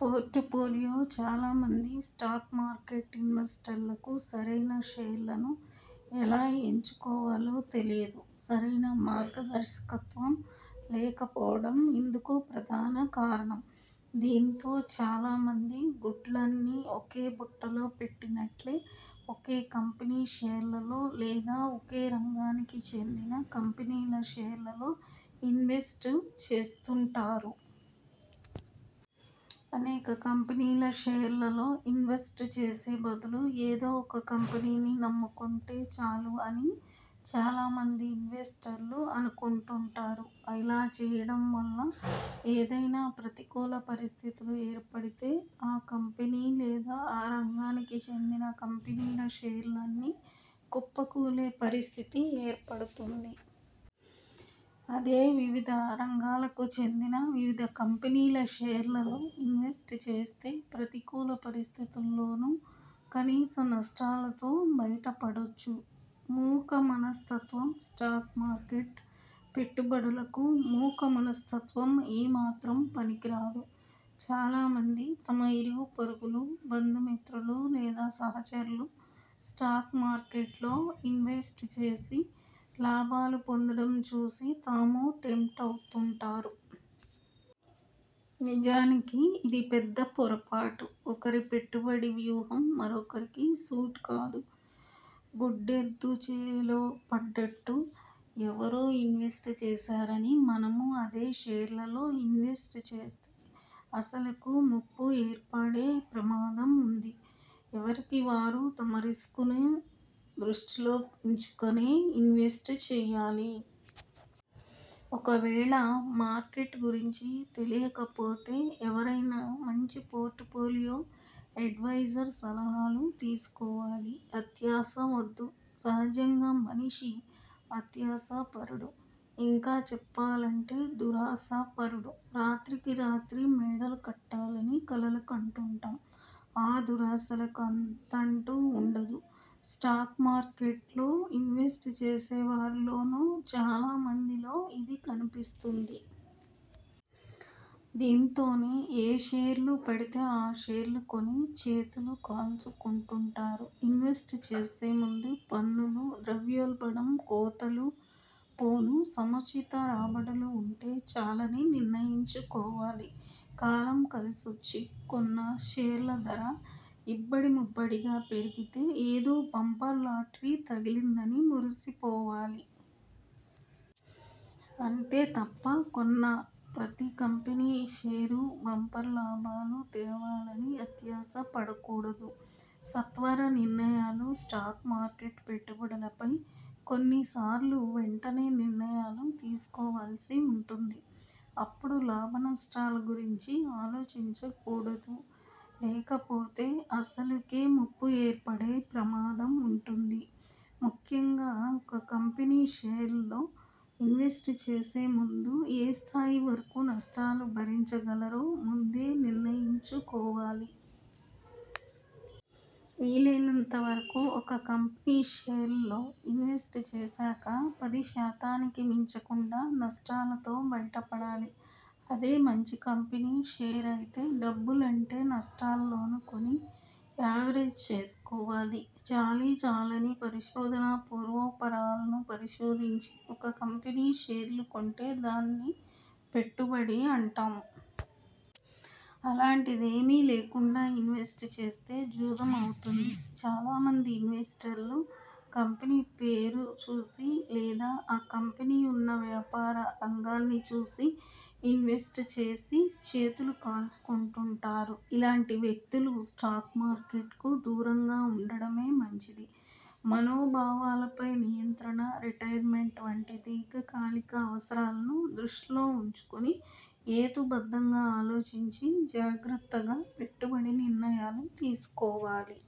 Portfolio చాలా మంది stock market ఇన్వెస్టర్లకు సరైన షేర్లను ఎలా ఎంచుకోవాలో తెలియదు. సరైన మార్గదర్శకత్వం లేకపోవడం ఇందుకు ప్రధాన కారణం. దీంతో చాలా మంది గుడ్లన్నీ ఒకే బుట్టలో పెట్టినట్లే ఒకే కంపెనీ షేర్లలో లేదా ఒకే రంగానికి చెందిన కంపెనీల షేర్లలో ఇన్వెస్ట్ చేస్తుంటారు. అనేక కంపెనీల షేర్లలో ఇన్వెస్ట్ చేసే బదులు, ఏదో ఒక కంపెనీని నమ్ముకుంటే చాలు అని చాలా మంది ఇన్వెస్టర్లు అనుకుంటుంటారు. అలా చేయడం వల్ల ఏదైనా ప్రతికూల పరిస్థితులు ఏర్పడితే ఆ కంపెనీ లేదా ఆ రంగానికి చెందిన కంపెనీల షేర్లన్నీ కుప్పకూలే పరిస్థితి ఏర్పడుతుంది. అదే వివిధ రంగాలకు చెందిన వివిధ కంపెనీల షేర్లలో ఇన్వెస్ట్ చేస్తే ప్రతికూల పరిస్థితుల్లోనూ కనీస నష్టాలతో బయట పడొచ్చు. మూక మనస్తత్వం స్టాక్ మార్కెట్ పెట్టుబడులకు మూక మనస్తత్వం ఏ మాత్రం పనికి రాదు. చాలా మంది తమ ఇరుగు పొరుగులు, బంధు మిత్రులు లేదా సహచరులు స్టాక్ మార్కెట్లో ఇన్వెస్ట్ చేసి లాభాలు పొందడం చూసి తామూ టెంప్ట్ అవుతుంటారు. నిజానికి ఇది పెద్ద పొరపాటు. ఒకరి పెట్టుబడి వ్యూహం మరొకరికి సూట్ కాదు. గుడ్డెద్దు చేలో పడ్డట్టు ఎవరో ఇన్వెస్ట్ చేశారని, మనమూ అదే షేర్లలో ఇన్వెస్ట్ చేస్తే అసలుకూ ముప్పు ఏర్పడే ప్రమాదం ఉంది. ఎవరికి వారు తమ రిస్కును దృష్టిలో ఉంచుకొని ఇన్వెస్ట్ చేయాలి. ఒకవేళ మార్కెట్ గురించి తెలియపోతే ఎవరైనా మంచి పోర్టుఫోలియో అడ్వైజర్ సలహాలు తీసుకోవాలి. అత్యాశ వద్దు సహజంగా మనిషి అత్యాశపరుడు. ఇంకా చెప్పాలంటే దురాశపరుడు. రాత్రికి రాత్రి మేడలు కట్టాలని కలలు కంటుంటాం. అ దురాశలకు అంతంటూ ఉండదు. స్టాక్ మార్కెట్లో ఇన్వెస్ట్ చేసే వారిలోనూ, చాలా మందిలో ఇది కనిపిస్తుంది. దీంతోనే ఏ షేర్లు పడితే ఆ షేర్లు కొని చేతులు కాల్చుకుంటుంటారు. ఇన్వెస్ట్ చేసే ముందే పన్నులు, ద్రవ్యోల్బణం కోతలు పోను సమచిత రాబడులు ఉంటే చాలని నిర్ణయించుకోవాలి. కాలం కలిసొచ్చి కొన్న షేర్ల ధర ఇబ్బడిముబ్బడిగా పెరిగితే ఏదో బంపర్ లాటరీ తగిలిందని మురిసిపోవాలి. అంతే తప్ప కొన్న ప్రతి కంపెనీ షేరూ బంపర్ లాభాలు తేవాలని అత్యాశ పడకూడదు. సత్వర నిర్ణయాలు స్టాక్ మార్కెట్ పెట్టుబడులపై కొన్నిసార్లు వెంటనే నిర్ణయాలు తీసుకోవాల్సి ఉంటుంది. అప్పుడు లాభనష్టాల గురించి ఆలోచించకూడదు. లేకపోతే అసలుకే ముప్పు ఏర్పడే ప్రమాదం ఉంటుంది. ముఖ్యంగా ఒక కంపెనీ షేర్లో ఇన్వెస్ట్ చేసే ముందు ఏ స్థాయి వరకు నష్టాలు భరించగలరో ముందే నిర్ణయించుకోవాలి. వీలైనంత వరకు ఒక కంపెనీ షేర్లో ఇన్వెస్ట్ చేశాక పది శాతానికి మించకుండా నష్టాలతో బయటపడాలి. అదే మంచి కంపెనీ షేర్ అయితే డబ్బులంటే నష్టాల్లోనూ కొని యావరేజ్ చేసుకోవాలి. చాలీచాలని పరిశోధన పూర్వోపరాలను పరిశోధించి ఒక కంపెనీ షేర్లు కొంటే దానిని పెట్టుబడి అంటాం. అలాంటిదేమీ లేకుండా ఇన్వెస్ట్ చేస్తే 'జూదం' అవుతుంది. చాలా మంది ఇన్వెస్టర్లు కంపెనీ పేరు చూసి లేదా ఆ కంపెనీ ఉన్న వ్యాపార రంగాన్ని చూసి ఇన్వెస్ట్ చేసి చేతులు కాల్చుకుంటుంటారు. ఇలాంటి వ్యక్తులు స్టాక్ మార్కెట్కు దూరంగా ఉండడమే మంచిది. మనోభావాలపై నియంత్రణ రిటైర్మెంట్ వంటి దీర్ఘకాలిక అవసరాలను దృష్టిలో ఉంచుకొని హేతుబద్ధంగా ఆలోచించి, జాగ్రత్తగా పెట్టుబడి నిర్ణయాలు తీసుకోవాలి.